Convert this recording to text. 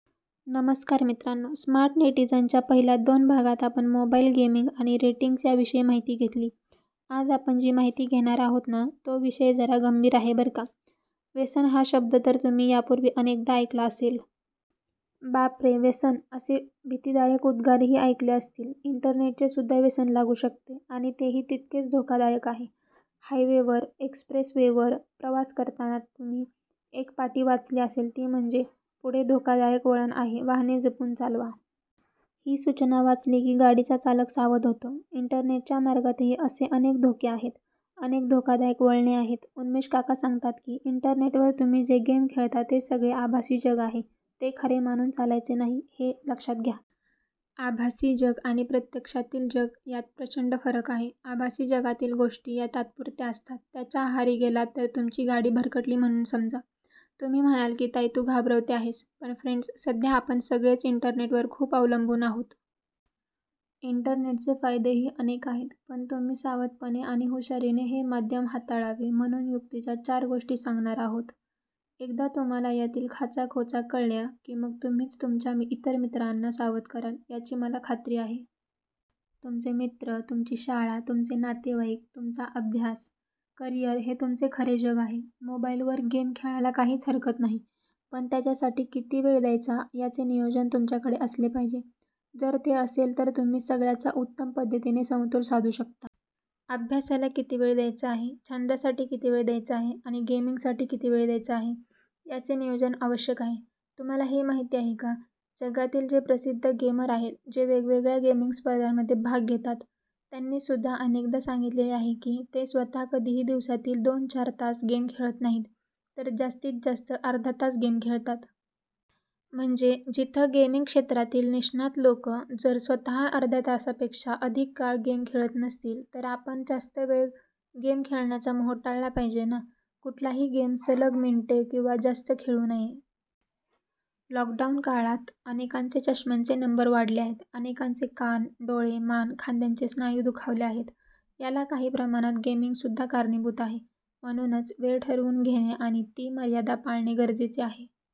नमस्कार मित्रांनो, 'स्मार्ट नेटिझन'च्या पहिल्या दोन भागात आपण मोबाइल गेमिंग आणि रेटिंग्ज याविषयी माहिती घेतली. आज आपण जी माहिती घेणार आहोत ना, तो विषय जरा गंभीर आहे बरं का! 'व्यसन' हा शब्द तर तुम्ही यापूर्वी अनेकदा ऐकला असेल. 'बापरे! व्यसन? ' असे भीतिदायक उद्गारही ऐकले असतील. इंटरनेटचेसुद्धा व्यसन लागू शकते आणि तेही तितकेच धोकादायक आहे. हायवे-वर, एक्स्प्रेसवे-वर प्रवास करताना तुम्ही एक पाटी वाचली असेल ती म्हणजे, 'पुढे धोकादायक वळण आहे, वाहने जपून चालवा. ' ही सूचना वाचली की, गाडीचा चालक सावध होतो. इंटरनेटच्या मार्गातही असे अनेक धोके आहेत, अनेक धोकादायक वळणे आहेत. उन्मेष काका सांगतात की, इंटरनेटवर तुम्ही जे गेम खेळता ते सगळे आभासी जग आहे, ते खरे मानून चालायचे नाही- हे लक्षात घ्या. आभासी जग आणि प्रत्यक्षातील जग यात प्रचंड फरक आहे. आभासी जगातील गोष्टी या तात्पुरत्या असतात. त्याच्या आहारी गेलात तर तुमची गाडी भरकटली म्हणून समजा! तुम्ही म्हणाल की, ताई तू घाबरवते आहेस. पण फ्रेण्ड्स, सध्या आपण सगळेच इंटरनेटवर खूप अवलंबून आहोत. इंटरनेटचे फायदेही अनेक आहेत. पण तुम्ही सावधपणे आणि हुशारीने हे माध्यम हाताळावे म्हणून युक्तीच्या चार गोष्टी सांगणार आहोत. एकदा तुम्हांला यातील खाचाखोचा कळल्या की, मग तुम्हीच तुमच्या इतर मित्रांना सावध कराल, याची मला खात्री आहे. तुमचे मित्र, तुमची शाळा, तुमचे नातेवाइक, तुमचा अभ्यास, करिअर हे तुमचे खरे जग आहे. मोबाइलवर गेम खेळायला काहीच हरकत नाही पण त्याच्यासाठी किती वेळ द्यायचा याचे नियोजन तुमच्याकडे असले पाहिजे. जर ते असेल तर तुम्ही सगळ्याचा उत्तम पद्धतीने समतोल साधू शकता. अभ्यासाला किती वेळ द्यायचा आहे, छंदासाठी किती वेळ द्यायचा आहे आणि गेमिंगसाठी किती वेळ द्यायचा आहे याचे नियोजन आवश्यक आहे. तुम्हांला हे माहिती आहे का, जगातील जे प्रसिद्ध गेमर आहेत, जे वेगवेगळ्या गेमिंग स्पर्धांमध्ये भाग घेतात, त्यांनीसुद्धा अनेकदा सांगितलेले आहे की, ते स्वतः कधीही दिवसातील दोन-चार तास गेम खेळत नाहीत, तर जास्तीतजास्त अर्धा तास गेम खेळतात. म्हणजे जिथे गेमिंग क्षेत्रातील निष्णात लोक जर स्वतः अर्ध्या तासापेक्षा अधिक काळ गेम खेळत नसतील तर आपण जास्त वेळ गेम खेळण्याचा मोह टाळला पाहिजे ना! कुठलाही गेम सलग मिनिटे किंवा जास्त खेळू नये. लॉकडाऊन काळात अनेकांचे चष्म्याचे नंबर वाढले आहेत. अनेकांचे कान, डोळे, मान, खांद्याचे स्नायू दुखावले आहेत. याला काही प्रमाणात गेमिंगसुद्धा कारणीभूत आहे. म्हणूनच वेळ ठरवून घेणे आणि ती मर्यादा पाळणे गरजेचे आहे